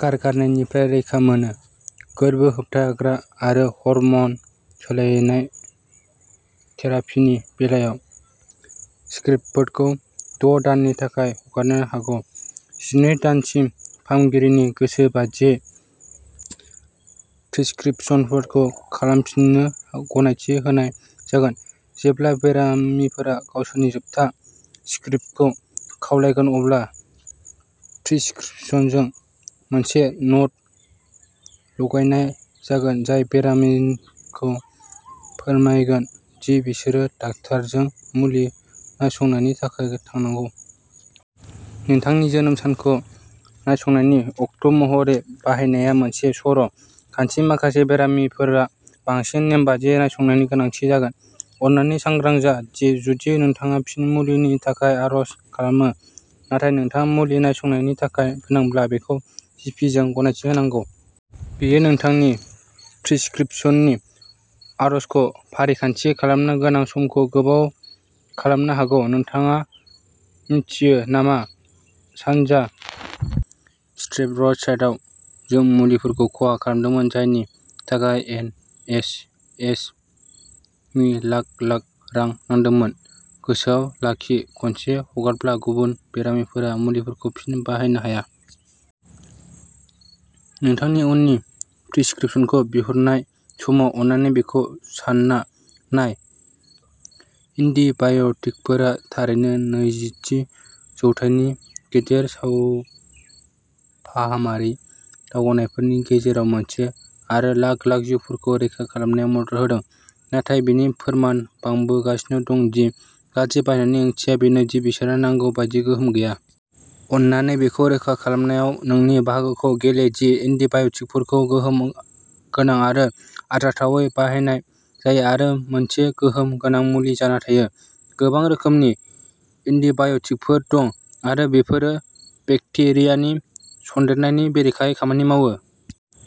गारगारनायनिफ्राय रैखा मोनो। गोर्बो होबथाग्रा आरो हर्मन सोलायनाय थेरापिनि बेलायाव स्क्रिप्टफोरखौ द' दाननि थाखाय हगारनो हागौ। जिनै दानसिम फाहामगिरिनि गोसो बादियै प्रिस्क्रिप्शनफोरखौ खालामफिननो गनायथि होनाय जागोन। जेब्ला बेरामिफोरा गावसोरनि जोबथा स्क्रिप्टखौ खावलायगोन अब्ला प्रिस्क्रिप्शनजों मोनसे न'ट लगायनाय जागोन जाय बेरामिखौ फोरमायगोन दि बिसोरो डाक्टारजों मुलि नायसंनायनि थाखाय थांनांगौ। नोंथांनि जोनोम सानखौ नायसंनायनि अक्ट' महरै बाहायनाया मोनसे सर' खान्थि माखासे बेरामिफोरा बांसिन नेमबादि नायसंनायनि गोनांथि जागोन। अन्नानै सांग्रां जा दि जुदि नोंथाङा फिन मुलिनि थाखाय आर'ज खालामो नाथाय नोंथाङा मुलि नायसंनायनि थाखाय गोनांब्ला बेखौ जि पि जों गनायथि होनांगौ। बेयो नोंथांनि प्रिस्क्रिप्शननि आरजखौ फारिखान्थि खालामनो गोनां समखौ गोबाव खालामनो हागौ। नोंथाङा मिथियो नामा, सानजा स्टेफर्डशायरआव जों मुलिफोरखौ खहा खालामदोंमोन जायनि थाखाय एन एच एस नि लाख लाख रां नांदोंमोन गोसोआव लाखि खनसे हगारब्ला, गुबुन बेरामिफोरा मुलिफोरखौ फिन बाहायनो हाया। नोंथांनि उननि प्रिस्क्रिप्शनखौ बिहरनाय समाव अन्नानै बेखौ सान्ना नाय। एन्टीबाय'टिकफोरा थारैनो नैजिथि जौथाइनि गेदेर सावफाहामारि दावगानायफोरनि गेजेराव मोनसे आरो लाख-लाख जिउफोरखौ रैखा खालामनायाव मदद होदों। नाथाय बेनि फोरमान बांबोगासिनो दं दि गाज्रि बाहायनायनि ओंथिया बेनो दि बिसोरहा नांगौ बायदि गोहोम गैया। अन्नानै बेखौ रोखा खालामनायाव नोंनि बाहागोखौ गेले दि एन्टीबाय'टिकफोरखौ गोहोम गोनां आरो आरजाथावै बाहायनाय जायो आरो मोनसे गोहोम गोनां मुलि जाना थायो। गोबां रोखोमनि एन्टीबाय'टिकफोर दं, आरो बेफोरो बेक्टेरियानि सन्देरनायनि बेरेखायै खामानि मावो।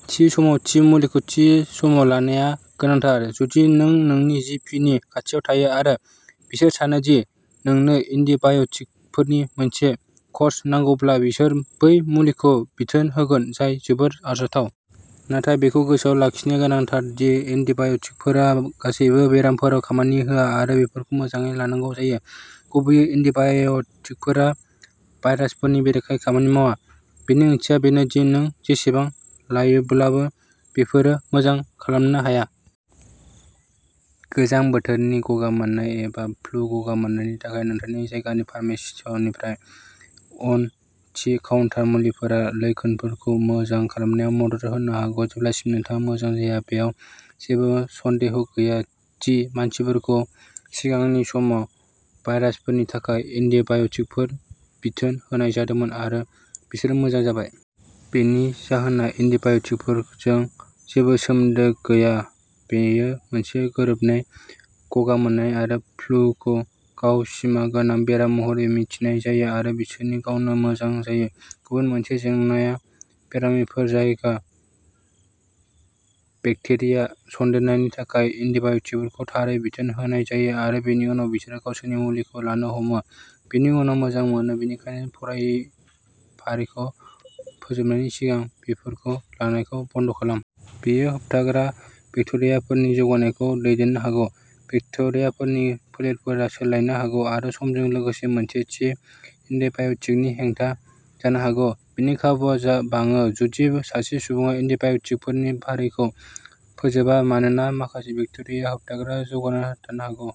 थि समाव थि मुलिखौ थि समाव लानाया गोनांथार जुदि नों नोंनि जि पि नि खाथियाव थाङो आरो बिसोर सानो दि नोंनो एन्टीबाय'टिकफोरनि मोनसे कर्स नांगौब्ला बिसोर बै मुलिखौ बिथोन होगोन जाय जोबोर आरजाथाव। नाथाय बेखौ गोसोआव लाखिनाया गोनांथार दि एन्टीबाय'टिकफोरा गासैबो बेरामफोराव खामानि होआ आरो बेफोरखौ मोजाङै लानांगौ जायो। गुबैयै एन्टीबाय'टिकफोरा भायरासफोरनि बेरेखायै खामानि मावा। बेनि ओंथिया बेनो दि नों जेसेबां लायोब्लाबो, बेफोरो मोजां खालामनो हाया। गोजां बोथोरनि गगा मोननाय एबा फ्लु गगा मोननायफोरनि थाखाय नोंथांनि जायगानि फार्मेसीनिफ्राय अन दि काउन्टार मुलिफोरा लैखोनफोरखौ मोजां खालामनायाव मदद होनो हागौ जेब्लासिम नोंथाङा मोजां जाया। बेयाव जेबो सन्देह गैया दि मानसिफोरखौ सिगांनि समाव भाइरासफोरनि थाखाय एन्टिबाय'टिकफोर बिथोन होनाय जादोंमोन आरो बिसोरो मोजां जाबाय। बेनि जाहोना एन्टिबाय'टिकफोरजों जेबो सोमोन्दो गैया बेयो मोनसे गोरोबनाय। गगा मोननाय आरो फ्लुखौ गाव सिमा गोनां बेराम महरै मिथिनाय जायो आरो बिसोरो गावनो मोजां जायो। गुबुन मोनसे जेंनाया बेरामिफोर जायहा बेक्टेरिया सन्देरनायनि थाखाय एन्टिबाय'टिकफोरखौ थारै बिथोन होनाय जायो आरो बेनि उनाव बिसोरो गावसोरनि मुलिखौ लानो हमो, बेनि उनाव मोजां मोनो बेनिखायनो फरायफारिखौ फोजोबनायनि सिगां बेफोरखौ लानायखौ बन्द खालाम। बेयो होबथाग्रा बेक्टेरियाफोरनि जौगानायखौ दैदेननो हागौ। बेक्टेरियाफोरनि फोलेरफोरा सोलायनो हागौ आरो समजों लोगोसे मोनसे थि एन्टिबाय'टिकनि हेंथा जानो हागौ। बेनि खाबुआ बाङो जुदि सासे सुबुङा एन्टिबाय'टिकफोरनि फारिखौ फोजोबा मानोना माखासे बेक्टेरियाया होबथाग्रा जौगानो थानो हागौ।